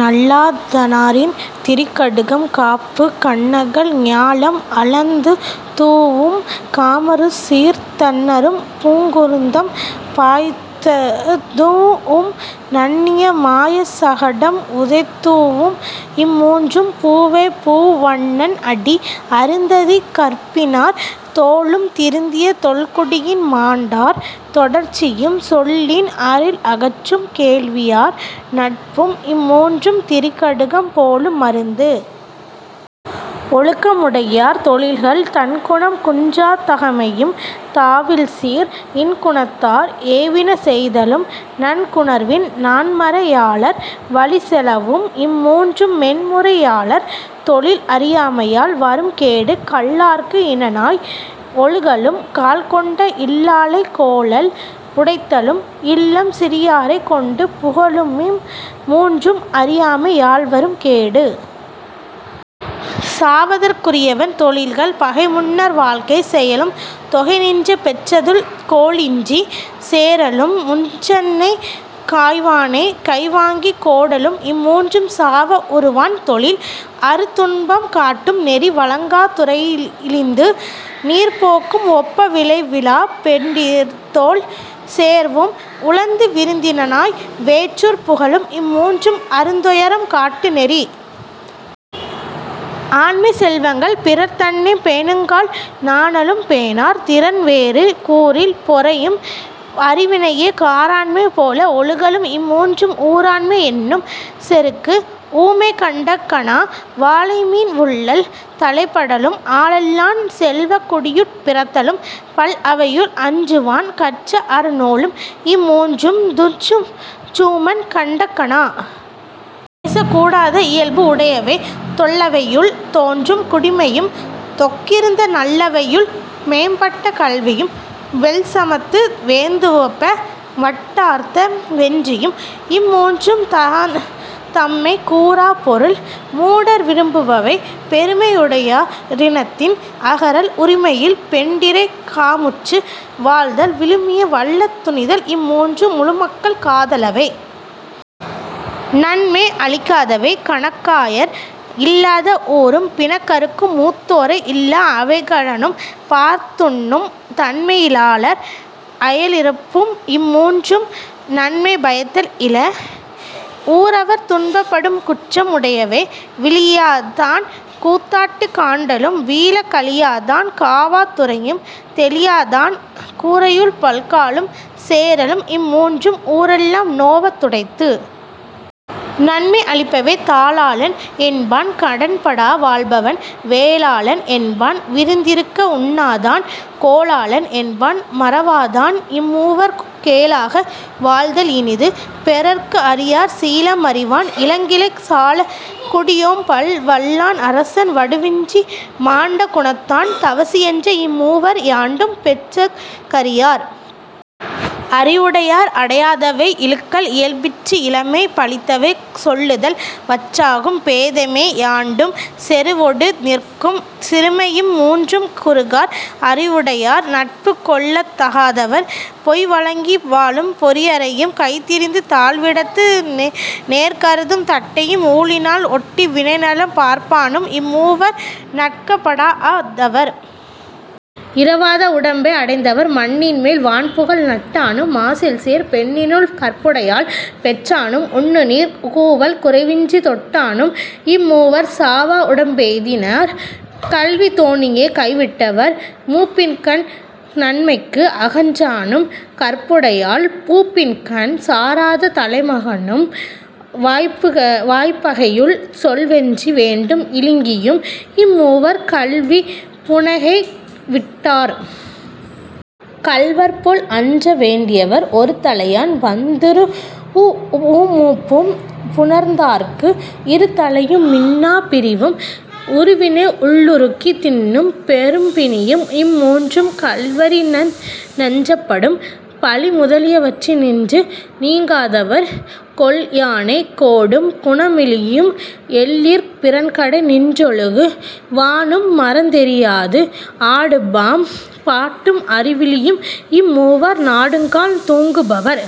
நல்லாதனாரின் திரிகடுகம் காப்பு கண்ணகல் ஞாலம் அளந்துதூஉம் காமருசீர்த் தண்ணறும் பூங்குருந்தம் பாய்த்ததூஉம் நண்ணிய மாயச் சகடம் உதைத்தூஉம் இம்மூன்றும் பூவைப்பூ வண்ணன் அடி. அருந்ததிக் கற்பினார் தோளும் திருந்திய தொல்குடியின் மாண்டார் தொடர்ச்சியும் சொல்லின் அரில்அகற்றும் கேள்வியார் நட்பும் இம்மூன்றும் திரிகடுகம் போலு மருந்து.. ஒழுக்கமுடையார் தொழில்கள் தன்குணம் குன்றாத் தகைமையும் தாவில்சீர் இன்குணத்தார் ஏவினசெய்தலும் நன்குணர்வின் நான்மறை யாளர் வழிச்செலவும் இம்மூன்றும் மென்முறை யாளர் தொழில்.. அறியாமையால் வரும் கேடு கல்லார்க்கு இனனாய் ஒழுகலும் காழ்கொண்ட இல்லாளைக் கோலல் புடைத்தலும் இல்லம் சிறியாரைக் கொண்டு புகலுமிம் மூன்றும் அறியாமை யால்வரும் கேடு.. சாவதற்குரியவன் தொழில்கள் பகைமுன்னர் வாழ்க்கை செயலும் தொகைநின்ற பெற்றத்துள் கோலின்றிச் சேறலும் முற்றன்னைக் காய்வானைக் கைவாங்கிக் கோடலும் இம்மூன்றும் சாவ வுறுவான் தொழில்.. அருந்துன்பம் காட்டும் நெறி வழங்காத் துறையிழிந்து நீர்ப்போக்கும் ஒப்ப விழைவிலாப் பெண்டீர்த்தோள் சேர்வும் உழந்து விருந்தினனாய் வேற்றூர் புகலும் இம்மூன்றும் அருந்துயரம் காட்டு நெறி.. ஆண்மைச் செல்வங்கள் பிறர்தன்னைப் பேணுங்கால் நாணலும் பேணார் திறன்வேறு கூறில் பொறையும் அறிவினையைக் காராண்மை போல ஒழுகலும் இம்மூன்றும் ஊராண்மை யென்னும் செருக்கு.. ஊமை கண்ட கனா வாளைமீன் உள்ளல் தலைப்படலும் ஆளல்லான் செல்வக் குடியுட் பிறத்தலும் பல்அவையுள் அஞ்சுவான் கற்ற அருநூலும் இம்மூன்றும் துஞ்சூமன் கண்ட கனா.. பேசக்கூடாத இயல்பு உடையவை தொல்லவையுள் தோன்றும் குடிமையும் தொக்கிருந்த நல்லவையுள் மேம்பட்ட கல்வியும் வெல்சமத்து வேந்துவப்ப வட்டார்த்த வென்றியும் இம்மூன்றும் தாந்தம்மைக் கூறாப் பொருள்.. மூடர் விரும்புபவை பெருமை யுடையா ரினத்தின் அகறல் உரிமையில் பெண்டிரைக் காமுற்று வாழ்தல் விழுமிய வல்ல துணிதல் இம்மூன்றும் முழுமக்கள் காத லவை.. நன்மை அளிக்காதவை கணக்காயர் இல்லாத ஊரும் பிணக்கறுக்கும் மூத்தோரை இல்லா அவைக்களனும் பாத்துண்ணும் தன்மையி லாளர் அயலிருப்பும் இம்முன்றும் நன்மை பயத்தல் இல.. ஊரவர் துன்பப்படும் குற்றம் உடையவை விளியாதான் கூத்தாட்டுக் காண்டலும் வீழக் களியாதான் காவா துரையும் தெளியாதான் கூரையுள் பல்காலும் சேறலும் இம்மூன்றும் ஊரெல்லாம் நோவ துடைத்து.. நன்மை அளிப்பவை தாளாளன் என்பான் கடன்படா வாழ்பவன் வேளாளன் என்பான் விருந்திருக்க உண்ணாதான் கோளாளன் என்பான் மறவாதான் இம்மூவர் கேளாக வாழ்தல் இனிது.. பெறற்கு அரியார் சீலம் அறிவான் இளங்கிளை சாலக் குடியோம்பல் வல்லான் அரசன் வடுவின்றி மாண்ட குணத்தான் தவசியென்ற இம்மூவர் யாண்டும் பெற்றகரி யார்.. அறிவுடையார் அடையாதவை இழுக்கல் இயல்பிற்று இளமை பழித்தவை சொல்லுதல் வற்றாகும் பேதைமை யாண்டும் செறுவொடு நிற்கும் சிறுமைஇம் மூன்றும் குறுகார் அறிவுடை யார்.. நட்புக் கொள்ளத் தகாதவர். பொய்வழங்கி வாழும் பொறியறையும் கைதிரிந்து தாழ்விடத்து நேர்கருதும் தட்டையும் ஊழினால் ஒட்டி வினைநலம் பார்ப்பானும் இம்மூவர் நட்கப் படாஅ தவர்.. இறவாத உடம்பை அடைந்தவர் மண்ணின்மேல் வான்புகழ் நட்டானும் மாசில்சீர்ப் பெண்ணினுள் கற்புடையாள் பெற்றானும் உண்ணுநீர் கூவல் குறைவின்றித் தொட்டானும் இம்மூவர் சாவா உடம்பெய்தி னார்.. கல்வித் தோணியைக் கைவிட்டவர் மூப்பின்கண் நன்மைக்கு அகன்றானும் கற்புடையாள் பூப்பின்கண் சாராத தலைமகனும் வாய்ப்பகையுள் சொல்வென்றி வேண்டும் இலிங்கியும் இம்மூவர் கல்விப் புணைகைவிட் டார்.. கள்வர் போல் அஞ்ச வேண்டியவர் ஒருதலையான் வந்துறூஉ மூப்பும் புணர்ந்தார்க்கு இருதலையு மின்னாப் பிரிவும் உருவினை உள்ளுருக்கித் தின்னும் பெரும்பிணியும் இம்மூன்றும் கள்வரி னஞ்சப் படும்.. பழி முதலியவற்றினின்று நீங்காதவர் கொல்யானைக் கோடும் குணமிலியும் எல்லிற் பிறன்கடை நின்றொழுகு வானும் மறந்தெரியாது ஆடும்பாம் பாட்டும் அறிவிலியும் இம்மூவர் நாடுங்கால் தூங்கு பவர்..